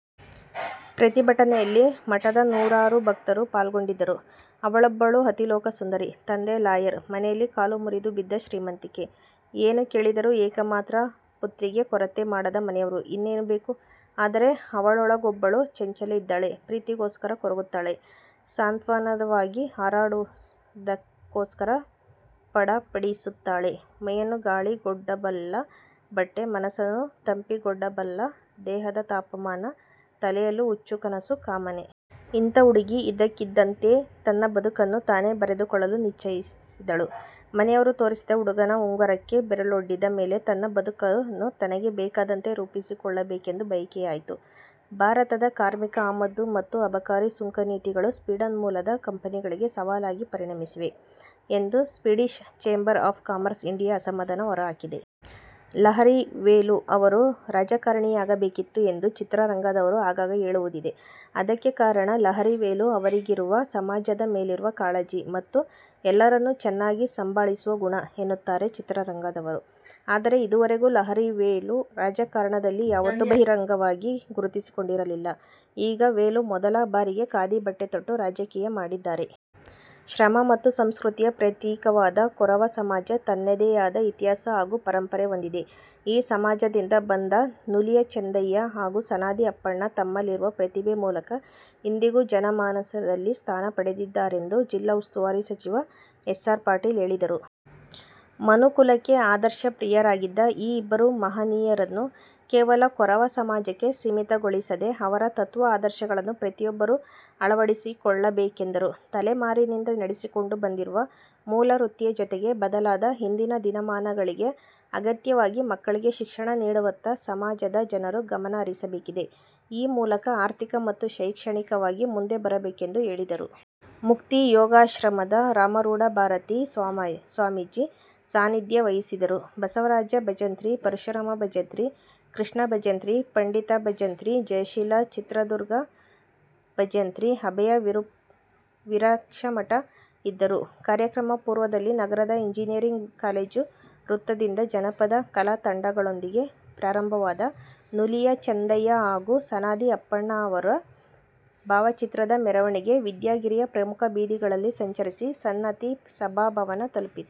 ಪ್ರತಿಭಟನೆಯಲ್ಲಿ ಮಠದನೂರಾರು ಭಕ್ತರು ಪಾಲ್ಗೊಂಡಿದ್ದರು. ಅವಳೊಬ್ಬಳು ಅತಿಲೋಕಸುಂದರಿ. ತಂದೆ ಲಾಯರ್, ಮನೆಯಲ್ಲಿ ಕಾಲು ಮುರಿದು ಬಿದ್ದ ಶ್ರೀಮಂತಿಕೆ, ಏನು ಕೇಳಿದರೂ ಏಕಮಾತ್ರ ಪುತ್ರಿಗೆ ಕೊರತೆ ಮಾಡದ ಮನೆಯವರು. ಇನ್ನೇನು ಬೇಕು? ಆದರೆ ಅವಳೊಳಗೊಬ್ಬಳು ಚಂಚಲೆ ಇದ್ದಾಳೆ, ಪ್ರೀತಿಗೋಸ್ಕರ ಕೊರಗುತ್ತಾಳೆ, ಸ್ವತ್ಛಂದವಾಗಿ ಹಾರಾಡುವುದಕ್ಕೋಸ್ಕರ ಫಡಫಡಿಸುತ್ತಾಳೆ. ಮೈಯನ್ನು ಗಾಳಿಗೊಡ್ಡಬಲ್ಲ ಬಟ್ಟೆ, ಮನಸನ್ನು ತಂಪಿಗೊಡ್ಡಬಲ್ಲ ದೇಹದ ತಾಪಮಾನ, ತಲೆಯಲ್ಲು ಹುಚ್ಚು ಕನಸು ಕಾಮನೆ. ಇಂಥ ಹುಡುಗಿ ಇದ್ದಕ್ಕಿದ್ದಂತೇ ತನ್ನ ಬದುಕನ್ನು ತಾನೇ ಬರೆದುಕೊಳ್ಳಲು ನಿಶ್ಚಯಿಸಿದಳು. ಮನೆಯವರು ತೋರಿಸಿದ್ದ ಹುಡುಗನ ಉಂಗುರಕ್ಕೆ ಬೆರಳೊಡ್ಡಿದ ಮೇಲೆ ತನ್ನ ಬದುಕನ್ನು ತನಗೆ ಬೇಕಾದಂತೆ ರೂಪಿಸಿಕೊಳ್ಳಬೇಕೆಂದು ಬಯಕೆಯಾಯ್ತು. ಭಾರತದ ಕಾರ್ಮಿಕ ಆಮದು ಮತ್ತು ಅಬಕಾರಿ ಸುಂಕ ನೀತಿಗಳು ಸ್ವೀಡನ್ ಮೂಲದ ಕಂಪನಿಗಳಿಗೆ ಸವಾಲಾಗಿ ಪರಿಣಮಿಸಿವೆ ಎಂದು Swedish chamber of commerce India ಅಸಮಾಧಾನ ಹೊರಹಾಕಿದೆ. ಲಹರಿ ವೇಲು ಅವರು ರಾಜಕಾರಣಿಯಾಗಬೇಕಿತ್ತು ಎಂದು ಚಿತ್ರರಂಗದವರು ಆಗಾಗ ಹೇಳುವುದಿದೆ. ಅದಕ್ಕೆ ಕಾರಣ ಲಹರಿ ವೇಲು ಅವರಿಗಿರುವ ಸಮಾಜದ ಮೇಲಿರುವ ಕಾಳಜಿ ಮತ್ತು ಎಲ್ಲರನ್ನೂ ಚೆನ್ನಾಗಿ ಸಂಭಾಳಿಸುವ ಗುಣ ಎನ್ನುತ್ತಾರೆ ಚಿತ್ರರಂಗದವರು. ಆದರೆ, ಇದುವರೆಗೂ ಲಹರಿ ವೇಲು ರಾಜಕಾರಣದಲ್ಲಿ ಯಾವತ್ತೂ ಬಹಿರಂಗವಾಗಿ ಗುರುತಿಸಿಕೊಂಡಿರಲಿಲ್ಲ. ಈಗ ವೇಲು ಮೊದಲ ಬಾರಿಗೆಖಾದಿ ಬಟ್ಟೆ ತೊಟ್ಟು, ರಾಜಕೀಯ ಮಾಡಿದ್ದಾರೆ. ಶ್ರಮ ಮತ್ತು ಸಂಸ್ಕೃತಿಯ ಪ್ರತೀಕವಾದ ಕೊರವ ಸಮಾಜ ತನ್ನದೆಯಾದ ಇತಿಹಾಸ ಹಾಗೂ ಪರಂಪರೆ ಹೊಂದಿದೆ. ಈ ಸಮಾಜದಿಂದ ಬಂದ ನುಲಿಯ ಚಂದಯ್ಯ ಹಾಗೂ ಸನಾದಿ ಅಪ್ಪಣ್ಣ ತಮ್ಮಲ್ಲಿರುವ ಪ್ರತಿಭೆ ಮೂಲಕ ಇಂದಿಗೂ ಜನಮಾನಸದಲ್ಲಿ ಸ್ಥಾನ ಪಡೆದಿದ್ದಾರೆಂದು ಜಿಲ್ಲಾ ಉಸ್ತುವಾರಿ ಸಚಿವ ಎಸ್. ಆರ್. ಪಾಟೀಲ ಹೇಳಿದರು. ಮನುಕುಲಕ್ಕೆ ಆದರ್ಶ ಪ್ರಿಯರಾಗಿದ್ದ ಈ ಇಬ್ಬರು ಮಹನಿಯರನ್ನು ಕೇವಲ ಕೊರವ ಸಮಾಜಕ್ಕೆ ಸೀಮಿತಗೊಳಿಸದೆ ಅವರ ತತ್ವ ಆದರ್ಶಗಳನ್ನು ಪ್ರತಿಯೊಬ್ಬರೂ ಅಳವಡಿಸಿಕೊಳ್ಳಬೇಕೆಂದರು. ತಲೆಮಾರಿನಿಂದ ನಡೆಸಿಕೊಂಡು ಬಂದಿರುವ ಮೂಲ ವೃತ್ತಿಯ ಜೊತೆಗೆ ಬದಲಾದ ಇಂದಿನ ದಿನಮಾನಗಳಿಗೆ ಅಗತ್ಯವಾಗಿ ಮಕ್ಕಳಿಗೆ ಶಿಕ್ಷಣ ನೀಡುವತ್ತ ಸಮಾಜದ ಜನರು ಗಮನ ಹರಿಸಬೇಕಿದೆ. ಈ ಮೂಲಕ ಆರ್ಥಿಕ ಮತ್ತು ಶೈಕ್ಷಣಿಕವಾಗಿ ಮುಂದೆ ಬರಬೇಕೆಂದು ಹೇಳಿದರು. ಮುಕ್ತಿ ಯೋಗಾಶ್ರಮದ ರಾಮರೂಢ ಭಾರತಿ ಸ್ವಾಮೀಜಿ ಸಾನ್ನಿಧ್ಯ ವಹಿಸಿದ್ದರು. ಬಸವರಾಜ ಭಜಂತ್ರಿ, ಪರಶುರಾಮ ಭಜಂತ್ರಿ, ಕೃಷ್ಣಾ ಭಂಜತ್ರಿ, ಪಂಡಿತ ಭಜಂತ್ರಿ, ಜಯಶೀಲಾ ಚಿತ್ರದುರ್ಗ, ಭಜಂತ್ರಿ, ಅಭಯ ವಿರಕ್ಷಮಠ ಇದ್ದರು. ಕಾರ್ಯಕ್ರಮ ಪೂರ್ವದಲ್ಲಿ ನಗರದ ಎಂಜನಿಯರಿಂಗ್ ಕಾಲೇಜ್ ವೃತ್ತದಿಂದ ಜಾನಪದ ಕಲಾ ತಂಡಗಳೊಂದಿಗೆ ಪ್ರಾರಂಭವಾದ ನುಲಿಯ ಚಂದಯ್ಯ ಹಾಗೂ ಸನಾದಿ ಅಪ್ಪಣ್ಣ ಅವರ ಭಾವಚಿತ್ರದ ಮೆರವಣಿಗೆ ವಿದ್ಯಾಗಿರಿಯ ಪ್ರಮುಖ ಬೀದಿಗಳಲ್ಲಿ ಸಂಚರಿಸಿ ಸನ್ಮತಿ ಸಭಾಭವನ ತಲುಪಿತು.